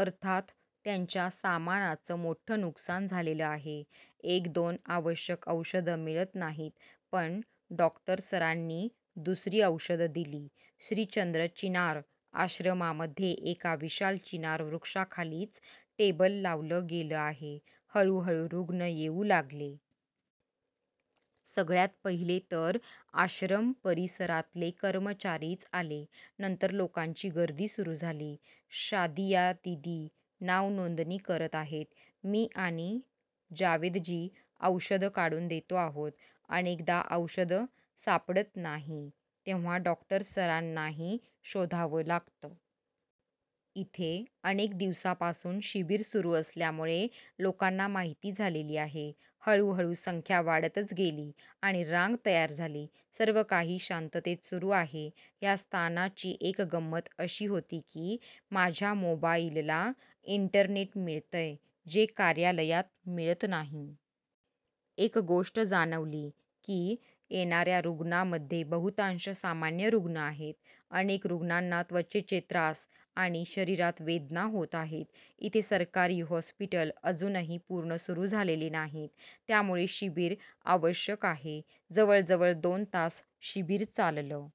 अर्थात त्यांच्या सामानाचं मोठं नुकसान झालेलं आहे. एक- दोन आवश्यक औषधं मिळत नाहीत. पण डॉ. सरांनी दुसरी औषधं दिली. श्री चन्द्र चिनार आश्रमामध्ये एका विशाल चिनार वृक्षाखालीच टेबल लावलं गेलं आहे. हळु हळु रुग्ण येऊ लागले. सगळ्यात पहिले तर आश्रम परिसरातले कर्मचारीच आले. नंतर लोकांची गर्दी सुरू झाली. शादिया दिदी नाव नोंदणी करत आहेत; मी आणि जावेदजी औषधं काढून देतो आहोत. अनेकदा औषध सापडत नाही. तेव्हा डॉ. सरांनाही शोधावं लागतं. इथे अनेक दिवसांपासून शिबिर सुरू असल्यामुळे लोकांना माहिती झालेली आहे. हळु हळु संख्या वाढतच गेली आणि रांग तयार झाली. सर्व काही शांततेत सुरू आहे. ह्या स्थानाची एक गंमत अशी होती की माझ्या मोबाईलला इंटरनेट मिळतंय; जे कार्यालयात मिळत नाही. एक गोष्ट जाणवली की, येणा-या रुग्णांमध्ये बहुतांश सामान्य रुग्ण आहेत. अनेक रुग्णांना त्वचेचे त्रास आणि शरीरात वेदना होत आहेत. इथे सरकारी हॉस्पिटल अजूनही पूर्ण सुरू झालेले नाहीत. त्यामुळे शिबिर आवश्यक आहे. जवळजवळ दोन तास शिबिर चाललं.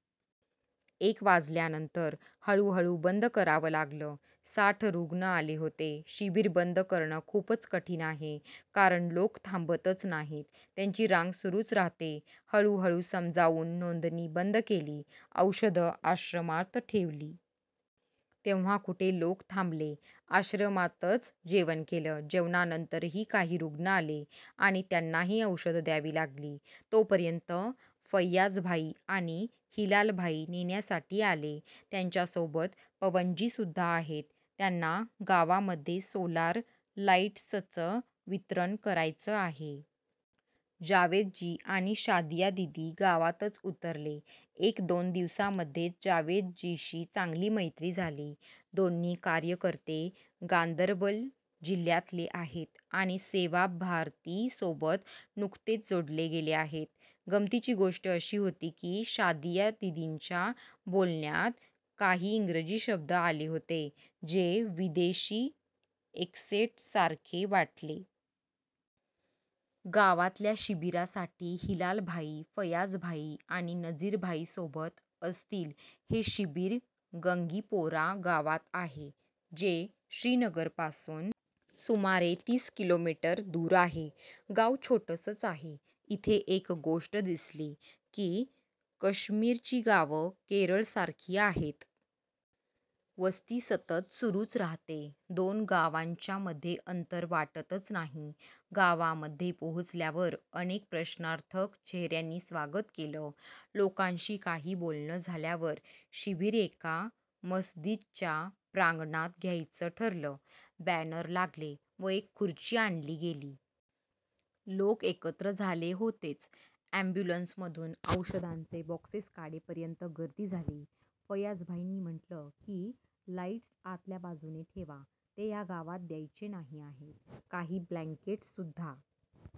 एक वाजल्यानंतर हळु हळु बंद करावं लागलं. साठ रुग्ण आले होते. शिबिर बंद करणं खूपच कठिण आहे; कारण लोक थांबतच नाहीत. त्यांची रांग सुरूच राहते. हळु हळु समजावून नोंदणी बंद केली. औषधं आश्रमात ठेवली. तेव्हा कुठे लोक थांबले. आश्रमातच जेवण केलं. जेवणानंतरही काही रुग्ण आले आणि त्यांनाही औषधं द्यावी लागली. तोपर्यंत फयाज़ भाई आणि हिलाल भाई नेण्यासाठी आले. त्यांच्यासोबत पवनजीसुद्धा आहेत. त्यांना गावामध्ये सोलार लाईटसचं वितरण करायचं आहे. जावेदजी आणि शादिया दिदी गावातच उतरले. एक- दोन दिवसांमध्येच जावेदजींशी चांगली मैत्री झाली. दोन्ही कार्यकर्ते गांदरबल जिल्ह्यातले आहेत आणि सेवा भारतीसोबत नुकतेच जोडले गेले आहेत. गमतीची गोष्ट अशी होती की शादिया दिदींच्या बोलण्यात काही इंग्रजी शब्द आले होते जे विदेशी एक्सेंटसारखे वाटले. गावातल्या शिबिरासाठी हिलाल भाई, फयाज़ भाई आणि नज़ीर भाई सोबत असतील. हे शिबिर गंगीपोरा गावात आहे जे श्रीनगरपासून सुमारे तीस किलोमीटर दूर आहे. गांव छोटसंच आहे. इथे एक गोष्ट दिसली की कश्मीरची गावं केरळसारखी आहेत. वस्ती सतत सुरूच राहते. दोन गावांच्या मध्ये अंतर वाटतच नाही. गावामध्ये पोहचल्यावर अनेक प्रश्नार्थक चेह-यांनी स्वागत केलं. लोकांशी काही बोलणं झाल्यावर शिबिर एका मस्जीदच्या प्रांगणात घ्यायचं ठरलं. बॅनर लागले व एक खुर्ची आणली गेली. लोक एकत्र झाले होतेच. एम्ब्युलन्समधून औषधांचे बॉक्सेस काढेपर्यंत गर्दी झाली. फयाज़ भाईंनी म्हंटलं की, लाईटस आतल्या बाजूने ठेवा; ते ह्या गावात द्यायचे नाही आहेत. काही ब्लँकेटससुद्धा